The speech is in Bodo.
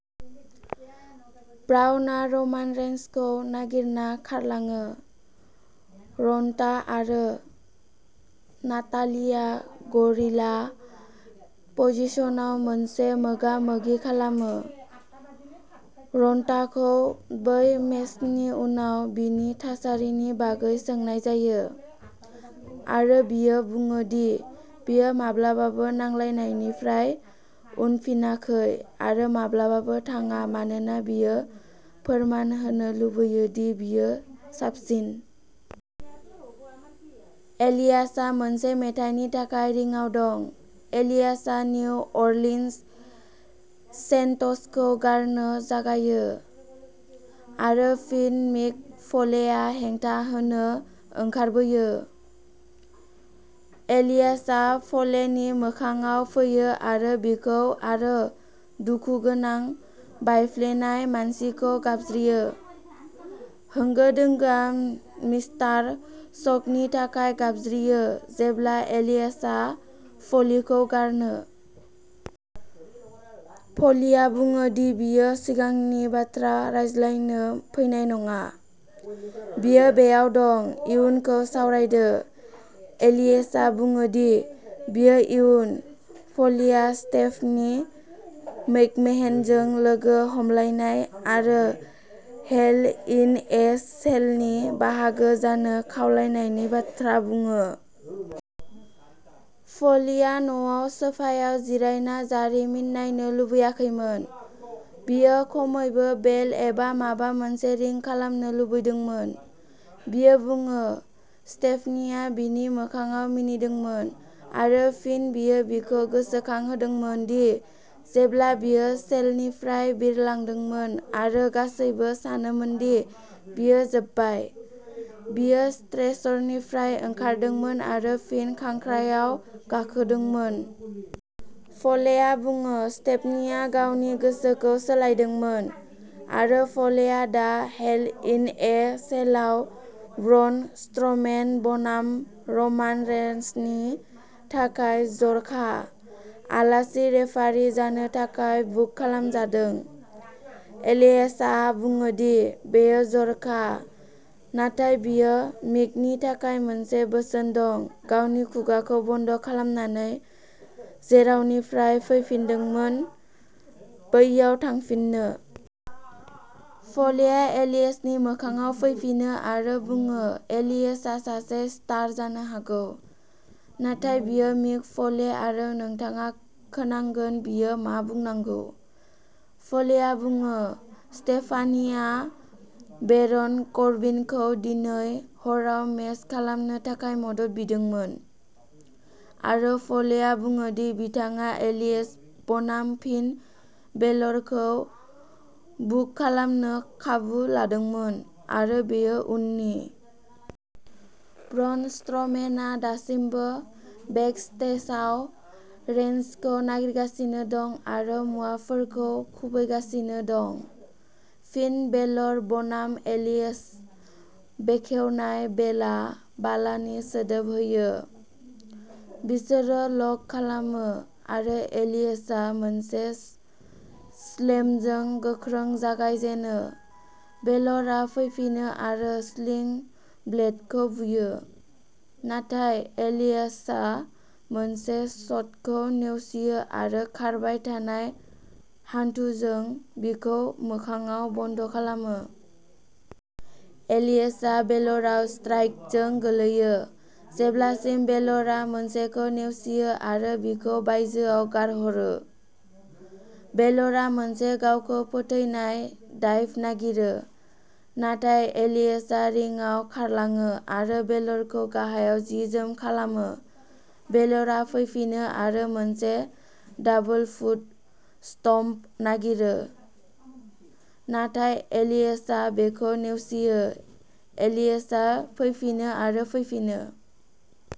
ब्राउनआ रमान रेइन्सखौ नागिरना खारलाङो। रन्टा आरो नातालिया गरिला पजिशनाव मोनसे मोगा-मोगि खालामो। रन्टाखौ बै मेचनि उनाव बिनि थासारिनि बागै सोंनाय जायो, आरो बियो बुङो दि बियो माब्लाबाबो नांलायनायनिफ्राय उनफिनाखै आरो माब्लाबाबो थाङा मानोना बियो फोरमान होनो लुबैयो दि बियो साबसिन। एलियासआ मोनसे मेथाइनि थाखाय रिंआव दं। एलियासआ निउ अरलिन्स सेन्ट्सखौ गारनो जागायो, आरो फिन मिक फ'लेआ हेंथा होनो ओंखारबोयो। एलियासआ फ'लेनि मोखांआव फैयो आरो बिखौ आरो दुखुगोनां बायफ्लेनाय मानसिखौ गाबज्रियो। होंगो दोंगोआ मिस्टार सक'नि थाखाय गाबज्रियो जेब्ला एलियासआ फ'लीखौ गारनो। फ'लीया बुङो दि बियो सिगांनि बाथ्रा रायज्लायनो फैनाय नङा, बियो बेयाव दं। इयुनखौ सावरायदों। एलियासआ बुङो दि बियो इयुन। फ'लिआ स्टेफनी मैकमेहनजों लोगो हमलायनाय आरो हेल इन ए सेलनि बाहागो जानो खावलायनायनि बाथ्रा बुङो। फ'लिआ न'आव सोफायाव जिरायना जारिमिन नायनो लुबैयाखैमोन, बियो खमैबो बेल एबा माबा मोनसे रिं खालामनो लुबैदोंमोन। बियो बुङो स्टेफनीआ बिनि मोखांआव मिनिदोंमोन, आरो फिन बियो बिखौ गोसोखांहोदोंमोन दि जेब्ला बियो सेलनिफ्राय बिरलांदोंमोन आरो गासैबो सानोमोन दि बियो जोबबाय, बियो स्ट्रेचरनिफ्राय ओंखारदोंमोन आरो फिन खांख्रायाव गाखोदोंमोन। फ'लेआ बुङो स्टेफनीआ गावनि गोसोखौ सोलायदोंमोन, आरो फ'लेआ दा हेल इन ए सेलआव ब्रन स्ट्र'मेन बनाम रमान रेइन्सनि थाखाय जर'खा आलासि रेफारि जानो थाखाय बुक खालामजादों। एलियासआ बुङो दि बेयो जर'खा, नाथाय बियो मिकनि थाखाय मोनसे बोसोन दं गावनि खुगाखौ बन्द' खालामनानै जेरावनिफ्राय फैदोंमोन बैयाव थांफिननो। फ'लेआ एलियासनि मोखांआव फैफिनो, आरो बुङो एलियासआ सासे स्टार जानो हागौ, नाथाय बियो मिक फ'ले आरो नोंथाङा खोनांगोन बियो मा बुंनांगौ। फ'लेआ बुङो स्टेफानिआ बेरन कर्बिनखौ दिनै हराव मेच खालामनो थाखाय मदद बिदोंमोन, आरो फ'लेआ बुङो दि बिथाङा एलियास बनाम फिन बेलरखौ बुक खालामनो खाबु लादोंमोन, आरो बेयो उननि। ब्रन स्ट्र'मेनआ दासिमबो बेकस्टेजआव रेइन्सखौ नागिरगासिनो दं आरो मुवाफोरखौ खुबैगासिनो दं। फिन बेलर बनाम एलियास बेखेवनाय बेलआ बालानि सोदोब होयो, बिसोरो लक खालामो, आरो एलियासआ मोनसे स्लेमजों गोख्रों जागायजेनो। बेलरआ फैफिनो आरो स्लिं ब्लेडखौ बुयो, नाथाय एलियासआ मोनसे शटखौ नेवसियो आरो खारबाय थानाय हान्थुजों बिखौ मोखांआव बन्द' खालामो। एलियासआ बेलरआव स्ट्राइकजों गोलैयो जेब्लासिम बेलरआ मोनसेखौ नेवसियो आरो बिखौ बायजोआव गारहरो। बेलरआ मोनसे गावखौ फोथैनाय डाइभ नागिरो, नाथाय एलियासआ रिंआव खारलाङो आरो बेलरखौ गाहायाव जि जोम खालामो। बेलरआ फैफिनो आरो मोनसे डाबल फुट स्टम्प नागिरो, नाथाय एलियासआ बेखौ नेवसियो। एलियासआ फैफिनो आरो फैफिनो।